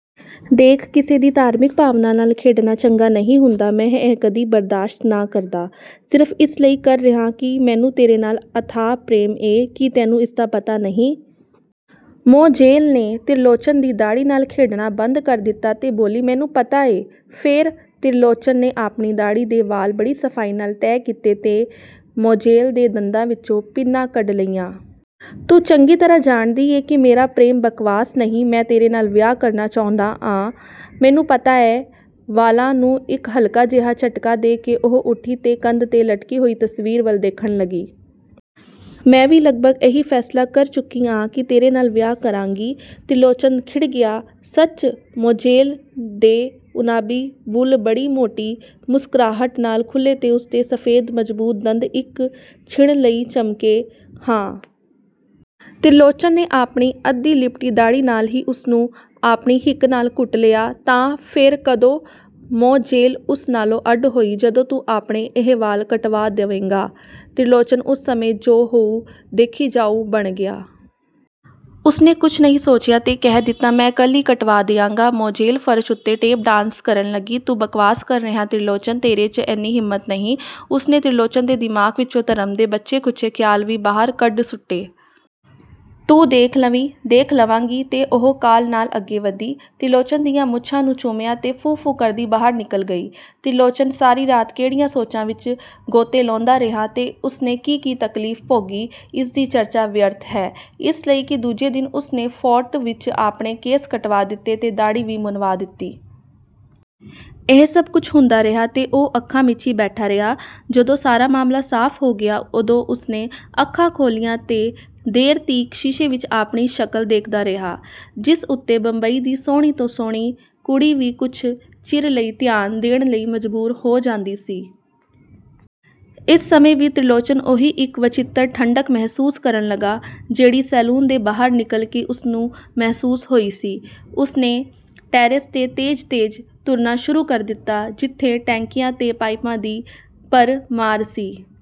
ਦੇਖ, ਕਿਸੇ ਦੀ ਧਾਰਮਿਕ ਭਾਵਨਾ ਨਾਲ ਖੇਡਣਾ ਚੰਗਾ ਨਹੀਂ ਹੁੰਦਾ। ਮੈਂ ਇਹ ਕਦੀ ਬਰਦਾਸ਼ਤ ਨਾ ਕਰਦਾ, ਸਿਰਫ ਇਸ ਲਈ ਕਰ ਰਿਹਾਂ ਕਿ ਮੈਨੂੰ ਤੇਰੇ ਨਾਲ ਅਥਾਹ ਪ੍ਰੇਮ ਏਂ। ਕੀ ਤੈਨੂੰ ਇਸਦਾ ਪਤਾ ਨਹੀਂ? ਮੋਜ਼ੇਲ ਨੇ ਤਿਰਲੋਚਨ ਦੀ ਦਾੜ੍ਹੀ ਨਾਲ ਖੇਡਣਾ ਬੰਦ ਕਰ ਦਿੱਤਾ ਤੇ ਬੋਲੀ, "ਮੈਨੂੰ ਪਤਾ ਏ। " "ਫੇਰ? " ਤਿਰਲੋਚਨ ਨੇ ਆਪਣੀ ਦਾੜ੍ਹੀ ਦੇ ਵਾਲ ਬੜੀ ਸਫ਼ਾਈ ਨਾਲ ਤੈਹ ਕੀਤੇ ਤੇ ਮੋਜ਼ੇਲ ਦੇ ਦੰਦਾਂ ਵਿਚੋਂ ਪਿੰਨਾਂ ਕੱਢ ਲਈਆਂ। "ਤੂੰ ਚੰਗੀ ਤਰ੍ਹਾਂ ਜਾਣਦੀ ਏਂ ਕਿ ਮੇਰਾ ਪ੍ਰੇਮ ਬਕਵਾਸ ਨਹੀਂ। ਮੈਂ ਤੇਰੇ ਨਾਲ ਵਿਆਹ ਕਰਨਾ ਚਾਹੁੰਦਾ ਆਂ। " "ਮੈਨੂੰ ਪਤਾ ਐ। " ਵਾਲਾਂ ਨੂੰ ਇਕ ਹਲਕਾ ਜਿਹਾ ਝਟਕਾ ਦੇ ਕੇ ਉਹ ਉੱਠੀ ਤੇ ਕੰਧ 'ਤੇ ਲਟਕੀ ਹੋਈ ਤਸਵੀਰ ਵੱਲ ਦੇਖਣ ਲੱਗੀ। "ਮੈਂ ਵੀ ਲਗਭਗ ਇਹੀ ਫ਼ੈਸਲਾ ਕਰ ਚੁੱਕੀ ਆਂ ਕਿ ਤੇਰੇ ਨਾਲ ਵਿਆਹ ਕਰਾਂਗੀ। " ਤਿਰਲੋਚਨ ਖਿੜ ਗਿਆ, "ਸੱਚ? " ਮੋਜ਼ੇਲ ਦੇ ਉਨਾਬੀ ਬੁੱਲ੍ਹ ਬੜੀ ਮੋਟੀ ਮੁਸਕਰਾਹਟ ਨਾਲ ਖੁੱਲ੍ਹੇ ਤੇ ਉਸਦੇ ਸਫ਼ੇਦ ਮਜ਼ਬੂਤ ਦੰਦ ਇਕ ਛਿਣ ਲਈ ਚਮਕੇ, "ਹਾਂ। " ਤਿਰਲੋਚਨ ਨੇ ਆਪਣੀ ਅੱਧੀ ਲਿਪਟੀ ਦਾੜ੍ਹੀ ਨਾਲ ਹੀ ਉਸਨੂੰ ਆਪਣੀ ਹਿੱਕ ਨਾਲ ਘੁੱਟ ਲਿਆ, "ਤਾਂ, ਫੇਰ, ਕਦੋਂ? " ਮੋਜ਼ੇਲ ਉਸ ਨਾਲੋਂ ਅੱਡ ਹੋਈ। ਜਦੋਂ ਤੂੰ ਆਪਣੇ ਇਹ ਵਾਲ ਕਟਵਾ ਦਵੇਂਗਾ। " ਤਿਰਲੋਚਨ ਉਸ ਸਮੇਂ 'ਜੋ ਹੋਊ, ਦੇਖੀ ਜਾਊ' ਬਣ ਗਿਆ। ਉਸਨੇ ਕੁਝ ਨਹੀਂ ਸੋਚਿਆ ਤੇ ਕਹਿ ਦਿੱਤਾ, "ਮੈਂ ਕਲ੍ਹ ਈ ਕਟਵਾ ਦਿਆਂਗਾ। " ਮੋਜ਼ੇਲ ਫਰਸ਼ ਉੱਤੇ ਟੇਪ ਡਾਂਸ ਕਰਨ ਲੱਗੀ। "ਤੂੰ ਬਕਵਾਸ ਕਰ ਰਿਹਾ ਤਿਰਲੋਚਨ! ਤੇਰੇ 'ਚ ਐਨੀ ਹਿੰਮਤ ਨਹੀਂ। " ਉਸਨੇ ਤਿਰਲੋਚਨ ਦੇ ਦਿਮਾਗ ਵਿਚੋਂ ਧਰਮ ਦੇ ਬਚੇ-ਖੁਚੇ ਖਿਆਲ ਵੀ ਬਾਹਰ ਕੱਢ ਸੁੱਟੇ। "ਤੂੰ ਦੇਖ ਲਵੀਂ। " "ਦੇਖ ਲਵਾਂਗੀ। " ਤੇ ਉਹ ਕਾਹਲ ਨਾਲ ਅੱਗੇ ਵਧੀ। ਤਿਰਲੋਚਨ ਦੀਆਂ ਮੁੱਛਾਂ ਨੂੰ ਚੁੰਮਿਆਂ ਤੇ 'ਫੂੰ-ਫੂੰ' ਕਰਦੀ ਬਾਹਰ ਨਿਕਲ ਗਈ। ਤਿਰਲੋਚਨ ਸਾਰੀ ਰਾਤ ਕਿਹੜੀਆਂ ਸੋਚਾਂ ਵਿਚ ਗੋਤੇ ਲਾਉਂਦਾ ਰਿਹਾ ਤੇ ਉਸਨੇ ਕੀ-ਕੀ ਤਕਲੀਫ਼ ਭੋਗੀ, ਇਸਦੀ ਚਰਚਾ ਵਿਅਰਥ ਹੈ, ਇਸ ਲਈ ਕਿ ਦੂਜੇ ਦਿਨ ਉਸਨੇ ਫੋਰਟ ਵਿਚ ਆਪਣੇ ਕੇਸ ਕਟਵਾ ਦਿੱਤੇ ਤੇ ਦਾੜ੍ਹੀ ਵੀ ਮੁੰਨਵਾ ਦਿੱਤੀ। ਇਸ ਸਭ ਕੁਛ ਹੁੰਦਾ ਰਿਹਾ ਤੇ ਉਹ ਅੱਖਾਂ ਮੀਚੀ ਬੈਠਾ ਰਿਹਾ। ਜਦੋਂ ਸਾਰਾ ਮਾਮਲਾ ਸਾਫ਼ ਹੋ ਗਿਆ, ਉਦੋਂ ਉਸਨੇ ਅੱਖਾਂ ਖੋਲ੍ਹੀਆਂ ਤੇ ਦੇਰ ਤੀਕ ਸ਼ੀਸ਼ੇ ਵਿਚ ਆਪਣੀ ਸ਼ਕਲ ਦੇਖਦਾ ਰਿਹਾ, ਜਿਸ ਉੱਤੇ ਬੰਬਈ ਦੀ ਸੋਹਣੀ ਤੋਂ ਸੋਹਣੀ ਕੁੜੀ ਵੀ ਕੁਛ ਚਿਰ ਲਈ ਧਿਆਨ ਦੇਣ ਲਈ ਮਜਬੂਰ ਹੋ ਜਾਂਦੀ ਸੀ। ਇਸ ਸਮੇਂ ਵੀ ਤਿਰਲੋਚਨ ਉਹੀ ਇਕ ਵਚਿੱਤਰ ਠੰਢਕ ਮਹਿਸੂਸ ਕਰਨ ਲੱਗਾ, ਜਿਹੜੀ ਸੈਲੂਨ ਦੇ ਬਾਹਰ ਨਿਕਲ ਕੇ ਉਸਨੂੰ ਮਹਿਸੂਸ ਹੋਈ ਸੀ। ਉਸਨੇ ਟੈਰੇਸ 'ਤੇ ਤੇਜ਼-ਤੇਜ਼ ਤੁਰਨਾ ਸ਼ੁਰੂ ਕਰ ਦਿੱਤਾ, ਜਿੱਥੇ ਟੈਂਕੀਆਂ ਤੇ ਪਾਈਪਾਂ ਦੀ ਭਰਮਾਰ ਸੀ।